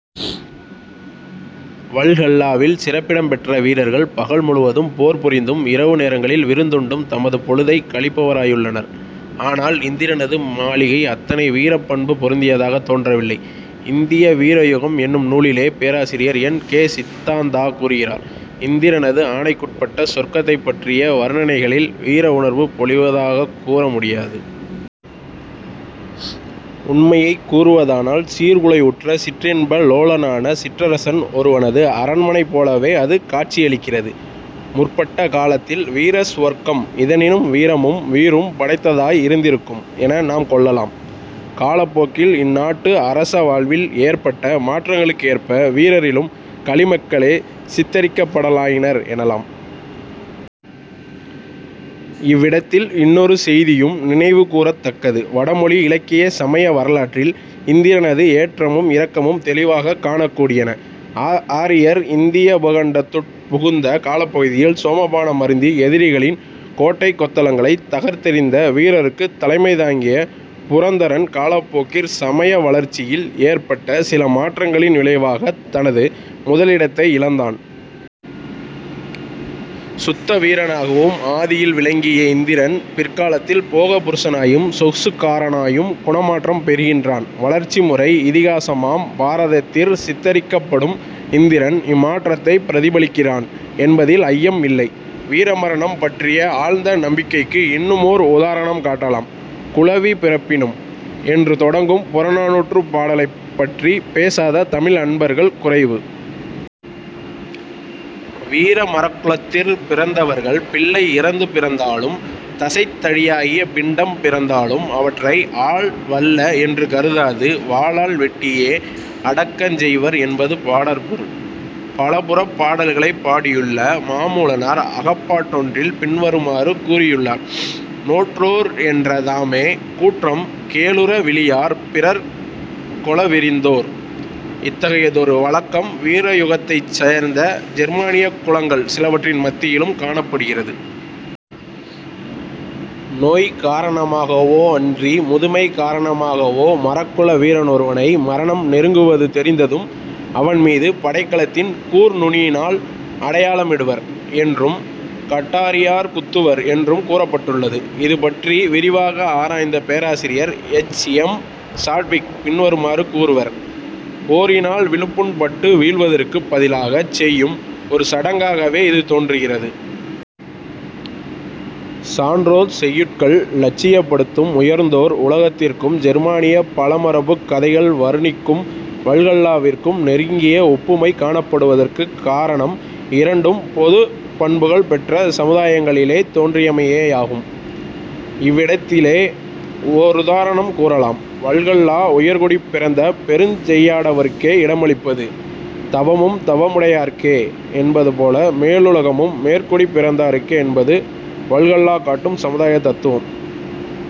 வல்ஹல்லாவில் சிறப்பிடம் பெற்ற வீரர்கள் பகல் முழுவதும் போர்புரிந்தும் இரவு நேரங்களில் விருந்துண்டும் தமது பொழுதைக் கழிப்பவராயுள்ளனர். ஆனால் இந்திரனது மாளிகை அத்தனை வீரப் பண்பு பொருந்தியதாகத் தோன்றவில்லை. இந்திய வீரயுகம் என்னும் நூலிலே பேராசிரியர் என். கே. சித்தாந்தா கூறுகிறார்: "இந்திரனது ஆணைக்குட்பட்ட சொர்க்கத்தைப்பற்றிய வருணனைகளில் வீரஉணர்வு பொலிவதாகக்கூறு முடியாது. உண்மையாகக் கூறுவதானால், சீர்குலைவுற்ற சிற்றின்ப லோலனான சிற்றரசன் ஒருவனது அரண்மனை போலவே அது காட்சியளிக்கிறது. முற்பட்ட காலத்தில் வீர சுவர்க்கம் இதனிலும் வீரமும் வீறும் படைத்ததாய் இருந்திருக்கும் என நாம் கொள்ளலாம். காலப் போக்கில் இந்நாட்டு அரச வாழ்வில் ஏற்பட்ட மாற்றங்களுக்கேற்ப வீரரிலும் களிமக்களே சித்திரிக்கப்படலாயினர் எனலாம். " இவ்விடத்தில் இன்னொரு செய்தியும் நினைவுகூரத் தக்கது. வடமொழி இலக்கிய, சமய வரலாற்றில் இந்திரனது ஏற்றமும் இறக்கமும் தௌிவாகக் காணக்கூடியன. ஆரியர் இந்திய உபகண்டத்துட் புகுந்த காலப்பகுதியில் சோமபானம் அருந்தி எதிரிகளின் கோட்டை கொத்தளங்களைத் தகர்த்தெறிந்த வீரருக்குத் தலைமை தாங்கிய புரந்தரன் காலப்போக்கிற் சமய வளர்ச்சியில் ஏற்பட்ட சில மாற்றங்களின் விளைவாகத் தனது முதலிடத்தை இழந்தான். சுத்த வீரனாக ஆதியில் விளங்கிய இந்திரன் பிற்காலத்தில் போக புருஷனாயும் 'சொகுசு'க்காரனாயும் குணமாற்றம் பெறுகின்றான். வளர்ச்சி முறை இதிகாசமாம் பாரதத்திற் சித்திரிக்கப்படும் இந்திரன் இம் மாற்றத்தைப் பிரதிபலிக்கிறான் என்பதில் ஐயம் இல்லை. வீரமரணம் பற்றிய ஆழ்ந்த நம்பிக்கைக்கு இன்னுமோர் உதாரணம் காட்டலாம். "குழவி பிறப்பினும்" என்று தொடங்கும் புறநானூற்றுப் பாடலைப் பற்றிப் பேசாத தமிழ் அன்பர்கள் குறைவு. வீரமறக்குலத்திற் பிறந்தவர்கள் பிள்ளை இறந்து பிறந்தாலும் தசைத் தடியாகிய பிண்டம் பிறந்தாலும் அவற்றை ஆள் வல்ல என்று கருதாது வாளால் வெட்டியே அடக்கஞ் செய்வர் என்பது பாடற்பொருள். பலபுறப் பாடல்களைப் பாடியுள்ள மாமூலனார் அகப்பாட்டொன்றில் பின்வருமாறு கூறியுள்ளார்: "நோற்றோர் என்ற தாமே கூற்றம் கோளுற விளியார் பிறர் கொள விறிந்தோர்" இத்தகையதொரு வழக்கம் வீரயுகத்தைச் சேர்ந்த ஜெர்மானியக் குலங்கள் சிலவற்றின் மத்தியிலும் காணப்படுகிறது. நோய் காரணமாகவோ அன்றி முதுமை காரணமாகவோ மறக்குல வீரனொருவனை மரணம் நெருங்குவது தெரிந்ததும் அவன்மீது படைக்கலத்தின் கூர் நுனியினால் அடையாளமிடுவர் என்றும், கட்டாரியாற் குத்துவர் என்றும் கூறப்பட்டுள்ளது. இதுபற்றி விரிவாக ஆராய்ந்த பேராசிரியர் எச். எம். சாட்விக் பின்வருமாறு கூறுவர்: "போரினால் விழுப்புண் பட்டு வீழ்வதற்குப் பதிலாகச் செய்யும் ஒரு சடங்காகவே இது தோன்றுகிறது. " சான்றோர் செய்யுட்கள் இலட்சியப்படுத்தும் உயர்ந்தோர் உலகத்திற்கும் ஜெர்மானியப் பழமரபுக் கதைகள் வருணிக்கும் வல்ஹல்லாவிற்கும் நெருங்கிய ஒப்புமை காணப்படுவதற்குக் காரணம், இரண்டும் பொதுப் பண்புகள் பெற்ற சமுதாயங்களிலே தோன்றியமையேயாகும். இவ்விடத்திலே ஒருதாரணம் கூறலாம். வல்ஹல்லா உயர்குடிப் பிறந்த பெருஞ் செய்யாடவருக்கே இடமளிப்பது. 'தவமும் தவமுடையார்க்கே' என்பது போல மேலுலகமும் மேற்குடிப் பிறந்தாருக்கே என்பது வல்ஹல்லா காட்டும் சமுதாயத் தத்துவம்.